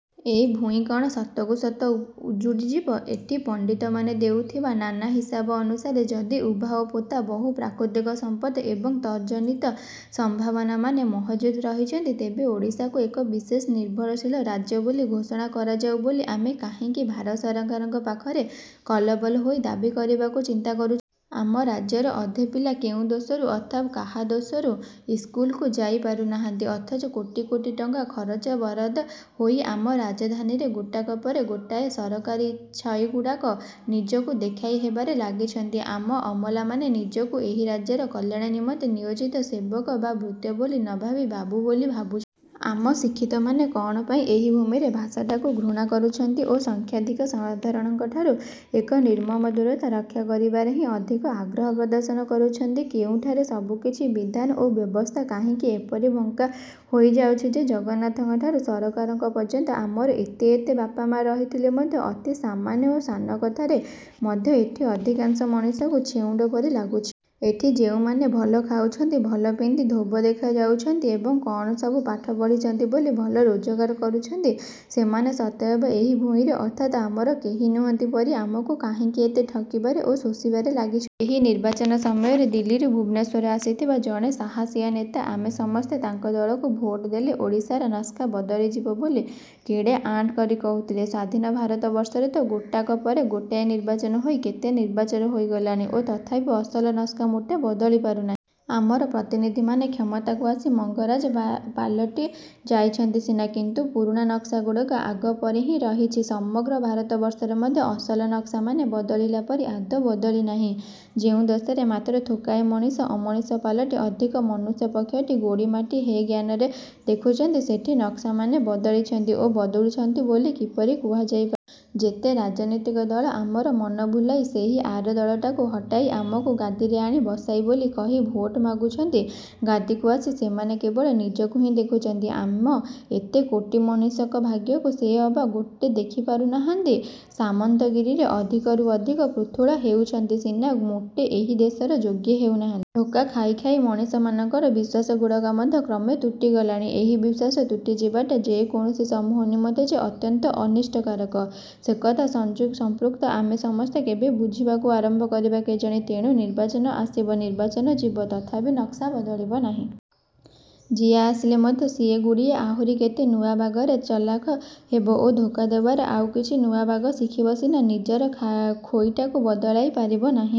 ଏ ଭୂଇଁ କ'ଣ ସତକୁ ସତ ଉଜୁଡ଼ି ଯିବ? ଏଠି ପଣ୍ଡିତମାନେ ଦେଉଥିବା ନାନା ହିସାବ ଅନୁସାରେ ଯଦି ଉଭା ଓ ପୋତା ବହୁ ପ୍ରାକୃତିକ ସମ୍ପଦ ଏବଂ ତଜନିତ ସମ୍ଭାବନାମାନ ମହଜୁଦ ରହିଛନ୍ତି, ତେବେ ଓଡ଼ିଶାକୁ ଏକ ବିଶେଷ ନିର୍ଭରଶୀଳ ରାଜ୍ୟ ବୋଲି ଘୋଷଣା କରାଯାଉ ବୋଲି ଆମେ କାହିଁକି ଭାରତ ସରକାରଙ୍କ ପାଖରେ କଲବଲ ହୋଇ ଦାବି କରିବାକୁ ଚିନ୍ତା କରୁଛୁ? ଆମ ରାଜ୍ୟର ଅଧେ ପିଲା କେଉଁ ଦୋଷରୁ ଅଥବା କାହା ଦୋଷରୁ ଇସ୍କୁଲକୁ ଯାଇ ପାରୁନାହାନ୍ତି? ଅଥଚ କୋଟି କୋଟି ଟଙ୍କା ଖରଚର ବରାଦ ହୋଇ ଆମ ରାଜଧାନୀରେ ଗୋଟାକ ପରେ ଗୋଟାଏ ସରକାରୀ ଛଇଗୁଡ଼ାକ ନିଜକୁ ଦେଖାଇ ହେବାରେ ଲାଗିଛନ୍ତି? ଆମ ଅମଲାମାନେ ନିଜକୁ ଏହି ରାଜ୍ୟର କଲ୍ୟାଣ ନିମନ୍ତେ ନିୟୋଜିତ ସେବକ ବା ଭୃତ୍ୟ ବୋଲି ନଭାବି ବାବୁ ବୋଲି ଭାବୁଛନ୍ତି? ଆମ ଶିକ୍ଷିତମାନେ କ'ଣ ପାଇଁ ଏହି ଭୂମିର ଭାଷାଟାକୁ ଘୃଣା କରୁଛନ୍ତି ଓ ସଂଖ୍ୟାଧିକ ସାଧାରଣଙ୍କଠାରୁ ଏକ ନିର୍ମମ ଦୂରତା ରକ୍ଷା କରିବାରେ ହିଁ ଅଧିକ ଆଗ୍ରହ ପ୍ରଦର୍ଶନ କରୁଛନ୍ତି? କୋଉଠାରେ ସବୁକିଛି ବିଧାନ ଓ ବ୍ୟବସ୍ଥା କାହିଁକି ଏପରି ବଙ୍କା ହୋଇଯାଉଛି ଯେ, ଜଗନ୍ନାଥଙ୍କଠାରୁ ସରକାରଙ୍କ ପର୍ଯ୍ୟନ୍ତ ଆମର ଏତେ ଏତେ ବାପମାଆ ରହିଥିଲେ ମଧ୍ୟ ଅତି ସାମାନ୍ୟ ଓ ସାନ କଥାରେ ମଧ୍ୟ ଏଠି ଅଧିକାଂଶ ମଣିଷଙ୍କୁ ଛେଉଣ୍ଡ ପରି ଲାଗୁଛି? ଏଠି ଯେଉଁମାନେ ଭଲ ଖାଉଛନ୍ତି, ଭଲ ପିନ୍ଧି ଧୋବ ଦେଖାଯାଉଛନ୍ତି ଏବଂ କ'ଣ ସବୁ ପାଠ ପଢ଼ିଛନ୍ତି ବୋଲି ଭଲ ରୋଜଗାର କରୁଛନ୍ତି, ସେମାନେ ସତେଅବା ଏହି ଭୂଇଁର ଅର୍ଥାତ୍ ଆମର କେହି ନୁହନ୍ତି ପରି ଆମକୁ କାହିଁକି ଏତେ ଠକିବାରେ ଓ ଶୋଷିବାରେ ଲାଗିଛନ୍ତି? ଏହି ନିର୍ବାଚନ ସମୟରେ ଦିଲ୍ଲୀରୁ ଭୁବନେଶ୍ୱରକୁ ଆସିଥିବା ଜଣେ ସାହସିଆ ନେତା ଆମେ ସମସ୍ତେ ତାଙ୍କ ଦଳକୁ ଭୋଟ ଦେଲେ ଓଡ଼ିଶାର ନକ୍ସା ବଦଳିଯିବ ବୋଲି କେଡ଼େ ଆଣ୍ଟ କରି କହୁଥିଲେ। ସ୍ୱାଧୀନ ଭାରତବର୍ଷରେ ତ ଗୋଟାକ ପରେ ଗୋଟାଏ ନିର୍ବାଚନ ହୋଇ କେତେ ନିର୍ବାଚନ ହୋଇଗଲାଣି ଓ ତଥାପି ଅସଲ ନକ୍ସା ମୋଟେ ବଦଳି ପାରୁନାହିଁ। ଆମର ପ୍ରତିନିଧିମାନେ କ୍ଷମତାକୁ ଆସି ମଙ୍ଗରାଜ ପାଲଟି ଯାଇଛନ୍ତି ସିନା, କିନ୍ତୁ ପୁରୁଣା ନକ୍ସା ଗୁଡ଼ାକ ଆଗପରି ହିଁ ରହିଛି। ସମଗ୍ର ଭାରତବର୍ଷରେ ମଧ୍ୟ ଅସଲ ନକ୍ସାମାନେ ବଦଳିଲା ପରି ଆଦୌ ବଦଳି ନାହାନ୍ତି। ଯୋଉ ଦେଶରେ ମାତ୍ର ଥୋକାଏ ମଣିଷ ଅମଣିଷ ପାଲଟି ଅଧିକ ମନୁଷ୍ୟପକ୍ଷଟିକୁ ଗୋଡ଼ିମାଟି ହେୟଜ୍ଞାନରେ ଦେଖୁଛନ୍ତି, ସେଠି ନକ୍ସାମାନେ ବଦଳିଛନ୍ତି ଓ ବଦଳୁଛନ୍ତି ବୋଲି କିପରି କୁହାଯାଇ ପାରିବ? ଯେତେ ରାଜନୀତିକ ଦଳ ଆମର ମନ ଭୁଲାଇ ସେଇ ଆର ଦଳଟାକୁ ହଟାଇ ଆମକୁ ଗାଦୀରେ ଆଣି ବସାଅ ବୋଲି କହି ଭୋଟ ମାଗି ଆସୁଛନ୍ତି, ଗାଦୀକୁ ଆସି ସେମାନେ କେବଳ ନିଜକୁ ହିଁ ଦେଖୁଛନ୍ତି। ଆମ ଏତେ କୋଟି ମଣିଷଙ୍କ ଭାଗ୍ୟକୁ ସତେଅବା ମୋଟେ ଦେଖି ପାରୁନାହାନ୍ତି; ସାମନ୍ତଗିରିରେ ଅଧିକରୁ ଅଧିକ ପୃଥୁଳ ହେଉଛନ୍ତି ସିନା ମୋଟେ ଏହି ଦେଶର ଯୋଗ୍ୟ ହେଉନାହାନ୍ତି। ଧୋକା ଖାଇ ଖାଇ ମଣିଷମାନଙ୍କର ବିଶ୍ଵାସଗୁଡ଼ାକ ମଧ୍ୟ କ୍ରମେ ତୁଟି ଗଲାଣି। ଏହି ବିଶ୍ୱାସ ତୁଟିଯିବାଟା ଯେକୌଣସି ସମୂହ ନିମନ୍ତେ ଯେ ଅତ୍ୟନ୍ତ ଅନିଷ୍ଟକାରକ, ସେକଥା ସଂପୃକ୍ତ ଆମେ ସମସ୍ତେ କେବେ ବୁଝିବାକୁ ଆରମ୍ଭ କରିବା କେଜାଣି? ତେଣୁ ନିର୍ବାଚନ ଆସିବ, ନିର୍ବାଚନ ଯିବ, ତଥାପି ନକ୍ସା ବଦଳିବ ନାହିଁ। ଯିଏ ଆସିଲେ ମଧ୍ୟ ସିଏ ଗୁଡ଼ିଏ ଆହୁରି କେତେ ନୂଆ ବାଗରେ ଚଲାଖ ହେବ ଓ ଧୋକା ଦେବାର ଆଉ କିଛି ନୂଆ ବାଗ ଶିଖିବ ସିନା, ନିଜର ଖୋଇଟାକୁ ବଦଳାଇ ପାରିବ ନାହିଁ ।